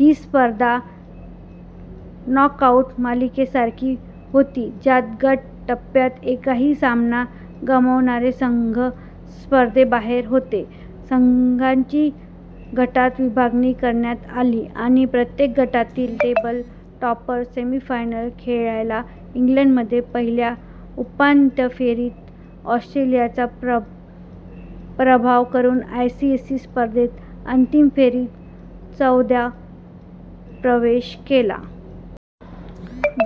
ही स्पर्धा नॉकआऊट मालिकेसारखी होती ज्यात गट टप्प्यात एकही सामना गमावणारे संघ स्पर्धेबाहेर होते. संघांची गटात विभागणी करण्यात आली आणि प्रत्येक गटातील टेबल टॉपर सेमीफायनल खेळला. इंग्लंडने पहिल्या उपांत्य फेरीत ऑस्ट्रेलियाचा पराभव करून आयसीसी स्पर्धेच्या अंतिम फेरीत चौथ्यांदा प्रवेश केला.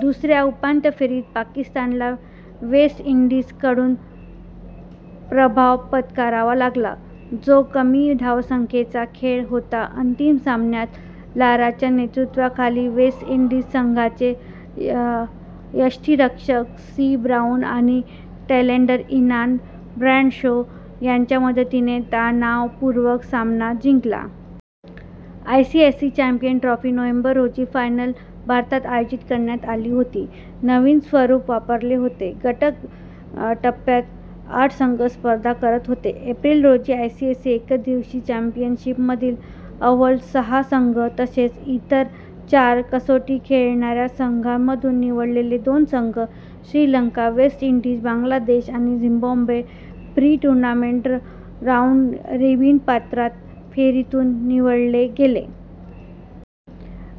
दुसऱ्या उपांत्य फेरीत पाकिस्तानला वेस्ट इंडीजकडून पराभव पत्करावा लागला, जो कमी धावसंख्येचा खेळ होता. अंतिम सामन्यात लाराच्या नेतृत्वाखाली वेस्ट इंडीज संघाने यष्टिरक्षक सी ब्राउन आणि टेलेंडर इयान ब्रॅडशॉ यांच्या मदतीने तणावपूर्ण सामना जिंकला. आयसीसी चॅम्पियन्स ट्रॉफी नोव्हेंबर रोजी फायनलसह भारतात आयोजित करण्यात आली होती. नवीन स्वरूप वापरले होते. गट टप्प्यात आठ संघ स्पर्धा करत होते: एप्रिल रोजी आयसीसी एकदिवसीय चॅम्पियनशिपमधील अव्वल सहा संघ, तसेच इतर चार कसोटी खेळणाऱ्या संघांमधून निवडलेले दोन संघ श्रीलंका, वेस्ट इंडीज, बांगलादेश आणि झिम्बाब्वे, प्री-टूर्नामेंट राऊंड रॉबिन पात्रता फेरीतून निवडले गेले.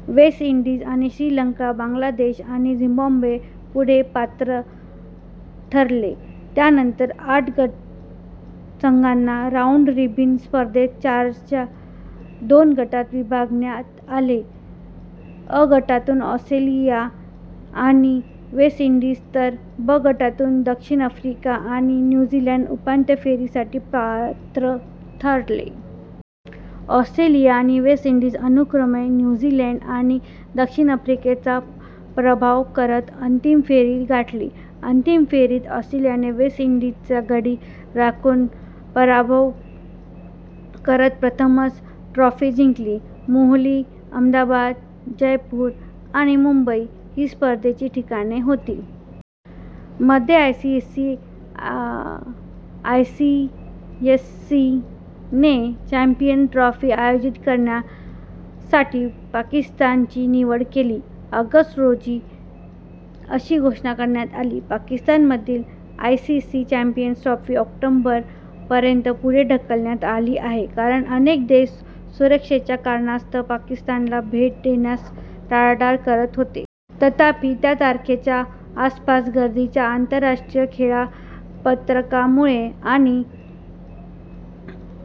वेस्ट इंडीज आणि श्रीलंका बांगलादेश आणि झिम्बाब्वेच्या पुढे पात्र ठरले. त्यानंतर आठ संघांना राऊंड रॉबिन स्पर्धेत चारच्या दोन गटात विभागण्यात आले. अ गटातून ऑस्ट्रेलिया आणि वेस्ट इंडीज, तर ब गटातून दक्षिण आफ्रिका आणि न्यू झीलंड उपांत्य फेरीसाठी पात्र ठरले. ऑस्ट्रेलिया आणि वेस्ट इंडीजने अनुक्रमे न्यू झीलंड आणि दक्षिण आफ्रिकेचा पराभव करत अंतिम फेरी गाठली. अंतिम फेरीत ऑस्ट्रेलियाने वेस्ट इंडीजचा गडी राखून पराभव करत प्रथमच ट्रॉफी जिंकली. मोहाली, अहमदाबाद, जयपूर आणि मुंबई ही स्पर्धेची ठिकाणे होती. मध्ये, आयसीसीने आयसीसी चॅम्पियन्स ट्रॉफी आयोजित करण्यासाठी पाकिस्तानची निवड केली. ऑगस्ट रोजी अशी घोषणा करण्यात आली की पाकिस्तानमधील आयसीसी चॅम्पियन्स ट्रॉफी ऑक्टोबर पर्यंत पुढे ढकलण्यात आली आहे कारण अनेक देश सुरक्षेच्या कारणास्तव पाकिस्तानला भेट देण्यास टाळाटाळ करत होते. तथापि, त्या तारखेच्या आसपासच्या गर्दीच्या आंतरराष्ट्रीय वेळापत्रकामुळे आणि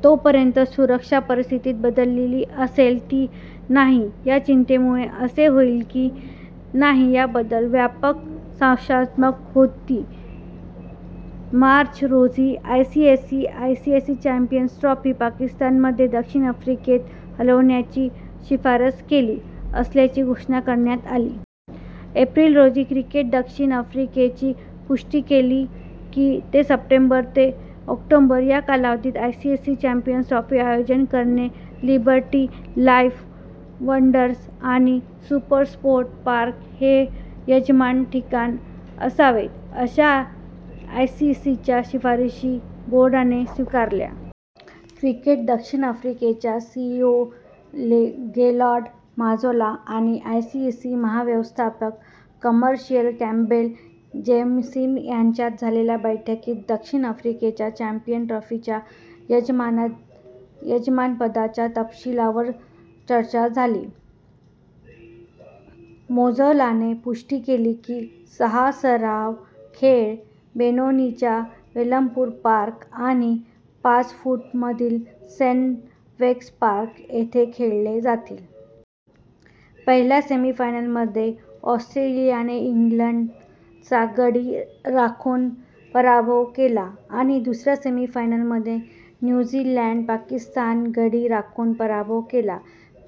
तोपर्यंत सुरक्षा परिस्थिती बदलली असेल की नाही या चिंतेमुळे, असे होईल की नाही याबद्दल व्यापक साशंकता होती. मार्च रोजी, आयसीसीने आयसीसी चॅम्पियन्स ट्रॉफी पाकिस्तानमधून दक्षिण आफ्रिकेत हलवण्याची शिफारस केली असल्याची घोषणा करण्यात आली. एप्रिल रोजी, क्रिकेट दक्षिण आफ्रिकेने पुष्टी केली की ते सप्टेंबर ते ऑक्टोबर या कालावधीत आयसीसी चॅम्पियन्स ट्रॉफीचे आयोजन करेल. लिबर्टी लाइफ वांडरर्स आणि सुपरस्पोर्ट पार्क हे यजमान ठिकाण असावेत अशा आयसीसीच्या शिफारशी बोर्डाने स्वीकारल्या. क्रिकेट दक्षिण आफ्रिकाचे सीईओ गेराल्ड माजोला आणि आयसीसी महाव्यवस्थापक – कमर्शियल, कॅम्पबेल जेमिसन यांच्यात झालेल्या बैठकीत दक्षिण आफ्रिकेच्या चॅम्पियन्स ट्रॉफीच्या यजमानपदाच्या तपशीलावर चर्चा झाली. मजोलाने पुष्टी केली की सहा सराव खेळ बेनोनीच्या विलोमूर पार्क आणि पॉचेफस्ट्रूममधील सेनवेस पार्क येथे खेळले जातील. पहिल्या सेमीफायनलमध्ये ऑस्ट्रेलियाने इंग्लंडचा गडी राखून पराभव केला आणि दुसऱ्या सेमीफायनलमध्ये न्यू झीलंडने पाकिस्तानचा गडी राखून पराभव केला,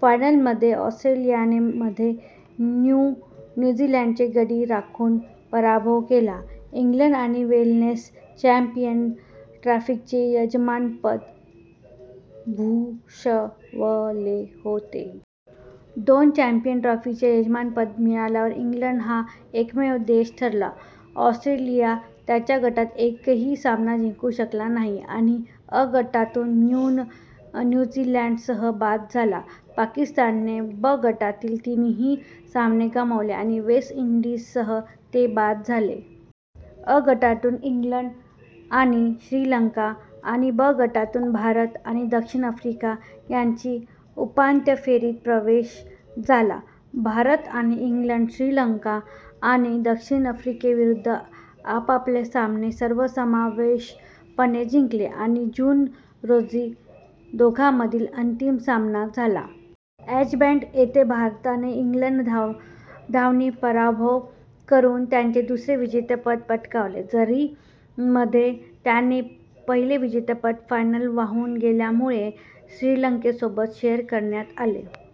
फायनलमध्ये ऑस्ट्रेलियाने मध्ये न्यू झीलंडचा गडी राखून पराभव केला. इंग्लंड आणि वेल्सने चॅम्पियन्स ट्रॉफीचे यजमानपद भूषवले होते. दोनदा चॅम्पियन्स ट्रॉफीचे यजमानपद मिळवणारा इंग्लंड हा एकमेव देश ठरला. ऑस्ट्रेलिया त्यांच्या गटात एकही सामना जिंकू शकला नाही आणि अ गटात न्यू झीलंडसह बाद झाला. पाकिस्तानने ब गटातील तीनही सामने गमावले आणि वेस्ट इंडीजसह ते बाद झाले. अ गटातून इंग्लंड आणि श्रीलंका आणि ब गटातून भारत आणि दक्षिण आफ्रिका यांनी उपांत्य फेरीत प्रवेश केला. भारत आणि इंग्लंडने श्रीलंका आणि दक्षिण आफ्रिकेविरुद्ध आपापले सामने सर्वसमावेशकपणे जिंकले आणि जून रोजी दोघांमधील अंतिम सामना झाला. एजबॅस्टन येथे भारताने इंग्लंडचा धावांनी पराभव करून त्यांचे दुसरे विजेतेपद पटकावले, जरी मध्ये त्यांचे पहिले विजेतेपद फायनल वाहून गेल्यामुळे श्रीलंकेसोबत शेअर करण्यात आले होते.